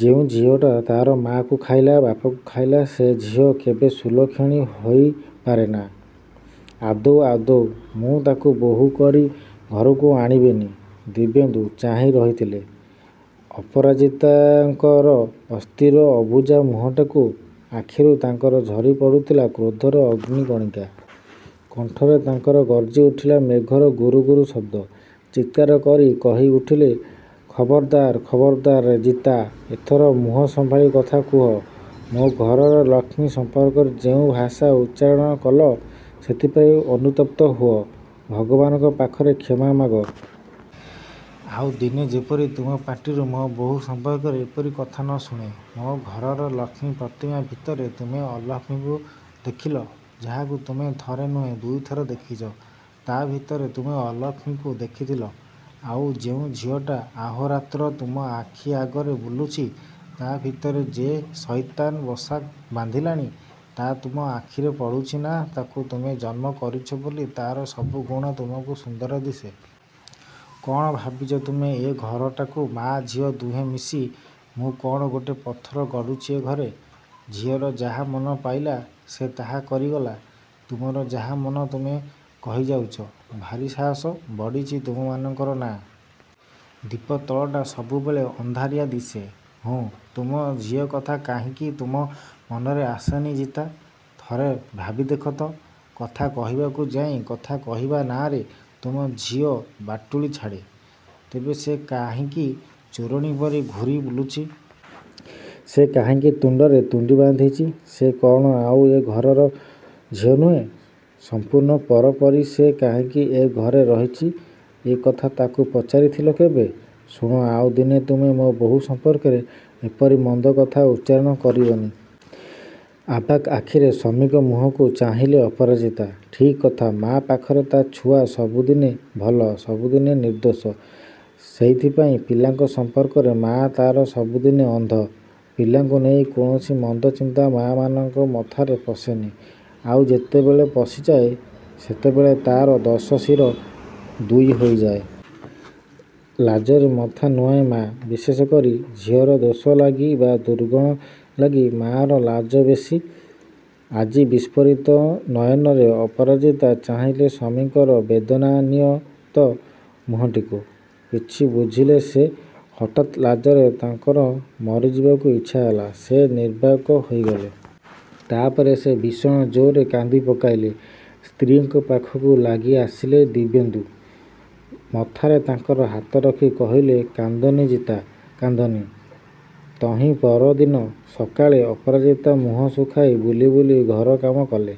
ଯେଉଁ ଝିଅଟା ତା'ର ମାଆକୁ ଖାଇଲା ବାପକୁ ଖାଇଲା, ସେଇ ଝିଅ କେବେ ସୁଲକ୍ଷଣୀ ହୋଇ ପାରେନା। ଆଦୌ, ଆଦୌ ମୁଁ ତାକୁ ବୋହୂ କରି ଘରକୁ ଆଣିବିନି। ଦିବ୍ୟେନ୍ଦୁ ଚାହିଁ ରହିଥିଲେ ଅପରାଜିତାଙ୍କର ଅସ୍ଥିର, ଅବୁଝା ମୁହଁଟାକୁ। ଆଖିରୁ ତାଙ୍କର ଝରି ପଡ଼ୁଥିଲା କ୍ରୋଧର ଅଗ୍ନି କଣିକା। କଣ୍ଠରେ ତାଙ୍କର ଗର୍ଜି ଉଠିଲା ମେଘର ଗୁରୁ ଗୁରୁ ଶବ୍ଦ। ଚିତ୍କାର କରି କହି ଉଠିଲେ ଖବର୍ଦାର୍, ଖବର୍ଦାର୍ ଜିତା, ଏଥର ମୁହଁ ସମ୍ଭାଳି କଥା କୁହ, ମୋ ଘରର ଲକ୍ଷ୍ମୀ ସମ୍ପର୍କରେ ଯେଉଁ ଭାଷା ଉଚ୍ଚାରଣ କଲ ସେଥିପାଇଁ ଅନୁତପ୍ତ ହୁଅ। ଭଗବାନଙ୍କ ପାଖରେ କ୍ଷମା ମାଗ। ଆଉ ଦିନେ ଯେପରି ତୁମ ପାଟିରୁ ମୋ ବୋହୂ ସମ୍ପର୍କରେ ଏପରି କଥା ନ ଶୁଣେ। ମୋ ଘରର ଲକ୍ଷ୍ମୀ ପ୍ରତିମା ଭିତରେ ତୁମେ ଅଲକ୍ଷ୍ମୀକୁ ଦେଖିଲ! ଯାହାକୁ ତୁମେ ଥରେ ନୁହେଁ ଦୁଇଥର ଦେଖିଛ, ତା' ଭିତରେ ତୁମେ ଅଲକ୍ଷ୍ମୀକୁ ଦେଖିଥିଲ? ଆଉ ଯେଉଁ ଝିଅଟା ଅହୋରାତ୍ର ତୁମ ଆଖି ଆଗରେ ବୁଲୁଛି ତା' ଭିତରେ ଯେ ସୈତାନ ବସା ବନ୍ଧିଲାଣି ତା' ତୁମ ଆଖିରେ ପଡ଼ୁଛି ନା ତାକୁ ତୁମେ ଜନ୍ମ କରିଛ ବୋଲି ତା'ର ସବୁ ଗୁଣ ତୁମକୁ ସୁନ୍ଦର ଦିଶେ। କ'ଣ ଭାବିଛ ତୁମେ ଏ ଘରଟାକୁ ମା' ଝିଅ ଦୁହେଁ ମିଶି? ମୁଁ କ'ଣ ଗୋଟେ ପଥର ଗଡ଼ୁଛି ଏ ଘରେ? ଝିଅର ଯାହା ମନ ପାଇଲା ସେ ତାହା କରିଗଲା। ତୁମର ଯାହା ମନ ତୁମେ କହି ଯାଉଛ। ଭାରି ସାହସ ବଢ଼ିଛି ତୁମମାନଙ୍କର ନା? ଦୀପ ତଳଟା ସବୁବେଳେ ଅନ୍ଧାରିଆ ଦିଶେ। ହୁଁ ତୁମ ଝିଅ କଥା କାହିଁକି ତୁମ ମନରେ ଆସେନି ଜିତା? ଥରେ ଭାବି ଦେଖ ତ, କଥା କହିବାକୁ ଯାଇ କଥା କହିବା ନାଁରେ ତୁମ ଝିଅ ବାଟୁଳି ଛାଡ଼େ। ତେବେ ସେ କାହିଁକି ଚୋରିଣୀ ପରି ଘୂରି ବୁଲୁଛି। ସେ କାହିଁକି ତୁଣ୍ଡରେ ତୁଣ୍ଡି ବାନ୍ଧିଛି। ସେ କ'ଣ ଆଉ ଏ ଘରର ଝିଅ ନୁହେଁ। ସମ୍ପୂର୍ଣ୍ଣ ପର ପରି ସେ କାହିଁକି ଏ ଘରେ ରହିଛି। ଏ କଥା ତାକୁ ପଚାରିଥିଲ କେବେ? ଶୁଣ, ଆଉ ଦିନେ ତୁମେ ମୋ ବୋହୂ ସମ୍ପର୍କରେ ଏପରି ମନ୍ଦ କଥା ଉଚ୍ଚାରଣ କରିବନି। ଆବାକ୍ ଆଖିରେ ସ୍ୱାମୀଙ୍କ ମୁହଁକୁ ଚାହିଁଲେ ଅପରାଜିତା। ଠିକ୍ କଥା ମାଆ ପାଖରେ ତା' ଛୁଆ ସବୁଦିନେ ଭଲ, ସବୁଦିନେ ନିର୍ଦ୍ଦୋଷ। ସେଇଥିପାଇଁ ପିଲାଙ୍କ ସମ୍ପର୍କରେ ମାଆ ତା'ର ସବୁଦିନେ ଅନ୍ଧ। ପିଲାଙ୍କୁ ନେଇ କୌଣସି ମନ୍ଦ ଚିନ୍ତା ମାଆମାନଙ୍କ ମଥାରେ ପଶେନି। ଆଉ ଯେତେବେଳେ ପଶିଯାଏ ସେତେବେଳେ ତା'ର ଦଶ ଶିର ଦୁଇହୋଇ ଯାଏ। ଲାଜରେ ମଥା ନୁଆଁଏ ମାଆ। ବିଶେଷ କରି ଝିଅର ଦୋଷ ଲାଗି ବା ଦୁର୍ଗୁଣ ଲାଗି ମାଆର ଲାଜ ବେଶୀ। ଆଜି ବିସ୍ଫରିତ ନୟନରେ ଅପରାଜିତା ଚାହିଁଲେ ସ୍ୱାମୀଙ୍କର ବେଦନାୟୀତ ମୁହଁଟିକୁ। କିଛି ବୁଝିଲେ ସେ। ହଠାତ୍ ଲାଜରେ ତାଙ୍କର ମରିଯିବାକୁ ଇଚ୍ଛା ହେଲା। ସେ ନିର୍ବାକ ହୋଇଗଲେ। ତା' ପରେ ସେ ଭୀଷଣ ଜୋର୍‌ରେ କାନ୍ଦି ପକାଇଲେ। ସ୍ତ୍ରୀଙ୍କ ପାଖକୁ ଲାଗି ଆସିଲେ ଦିବ୍ୟେନ୍ଦୁ। ମଥାରେ ତାଙ୍କର ହାତ ରଖି କହିଲେ କାନ୍ଦନି ଜିତା, କାନ୍ଦନି। ତହିଁ ପରଦିନ ସକାଳେ ଅପରାଜିତା ମୁହଁ ଶୁଖାଇ ବୁଲି ବୁଲି ଘର କାମ କଲେ।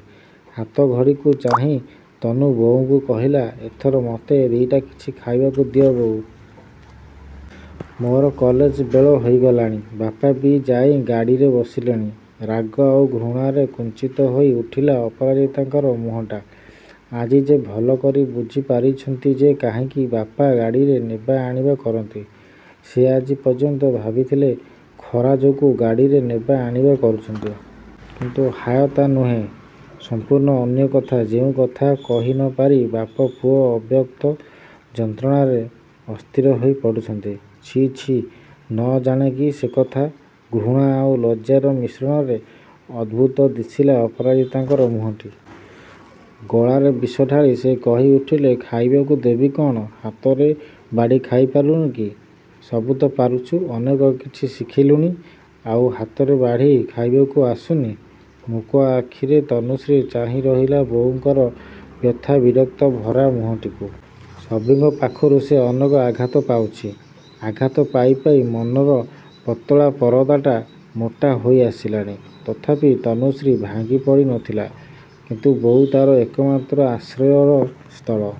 ହାତ ଘଡ଼ିକୁ ଚାହିଁ ତନୁ ବୋଉଙ୍କୁ କହିଲା ଏଥର ମତେ ଦି'ଟା କିଛି ଖାଇବାକୁ ଦିଅ ବୋଉ। ମୋର କଲେଜ ବେଳ ହୋଇଗଲାଣି। ବାପା ବି ଯାଇ ଗାଡ଼ିରେ ବସିଲେଣି। ରାଗ ଆଉ ଘୃଣାରେ କୁଞ୍ଚିତ ହୋଇ ଉଠିଲା ଅପରାଜିତାଙ୍କର ମୁହଁଟା। ଆଜି ଯେ ଭଲ କରି ବୁଝି ପାରିଛନ୍ତି ଯେ କାହିଁକି ବାପା ଗାଡ଼ିରେ ନେବା ଆଣିବା କରନ୍ତି। ସେ ଆଜି ପର୍ଯ୍ୟନ୍ତ ଭାବିଥିଲେ ଖରା ଯୋଗୁଁ ଗାଡ଼ିରେ ନେବା ଆଣିବା କରୁଛନ୍ତି। କିନ୍ତୁ ହାୟ ତା' ନୁହେଁ, ସମ୍ପୂର୍ଣ୍ଣ ଅନ୍ୟ କଥା ଯେଉଁ କଥା କହି ନ ପାରି ବାପ ପୁଅ ଅବ୍ୟକ୍ତ ଯନ୍ତ୍ରଣାରେ ଅସ୍ଥିର ହୋଇ ପଡ଼ୁଛନ୍ତି। ଛି ଛି ନ ଜାଣେ କି ସେକଥା। ଘୃଣା ଆଉ ଲଜ୍ଜାର ମିଶ୍ରଣରେ ଅଦ୍ଭୁତ ଦିଶିଲା ଅପରାଜିତାଙ୍କର ମୁହଁଟି। ଗଳାରେ ବିଷ ଢାଳି ସେ କହି ଉଠିଲେ ଖାଇବାକୁ ଦେବି କ'ଣ, ହାତରେ ବାଢ଼ି ଖାଇ ପାରୁନୁ କି? ସବୁ ତ ପାରୁଛୁ, ଅନେକ କିଛି ଶିଖିଲୁଣି। ଆଉ ହାତରେ ବାଢ଼ି ଖାଇବାକୁ ଆସୁନି? ମୂକ ଆଖିରେ ତନୁଶ୍ରୀ ଚାହିଁ ରହିଲା ବୋଉଙ୍କର ବ୍ୟଥା ବିରକ୍ତ ଭରା ମୁହଁଟିକୁ। ସଭିଙ୍କ ପାଖରୁ ସେ ଅନେକ ଆଘାତ ପାଉଛି। ଆଘାତ ପାଇ ପାଇ ମନର ପତଳା ପରଦାଟା ମୋଟା ହୋଇ ଆସିଲାଣି। ତଥାପି ତନୁଶ୍ରୀ ଭାଙ୍ଗି ପଡ଼ି ନଥିଲା। କିନ୍ତୁ ବୋଉ ତା'ର ଏକମାତ୍ର ଆଶ୍ରୟର ସ୍ଥଳ।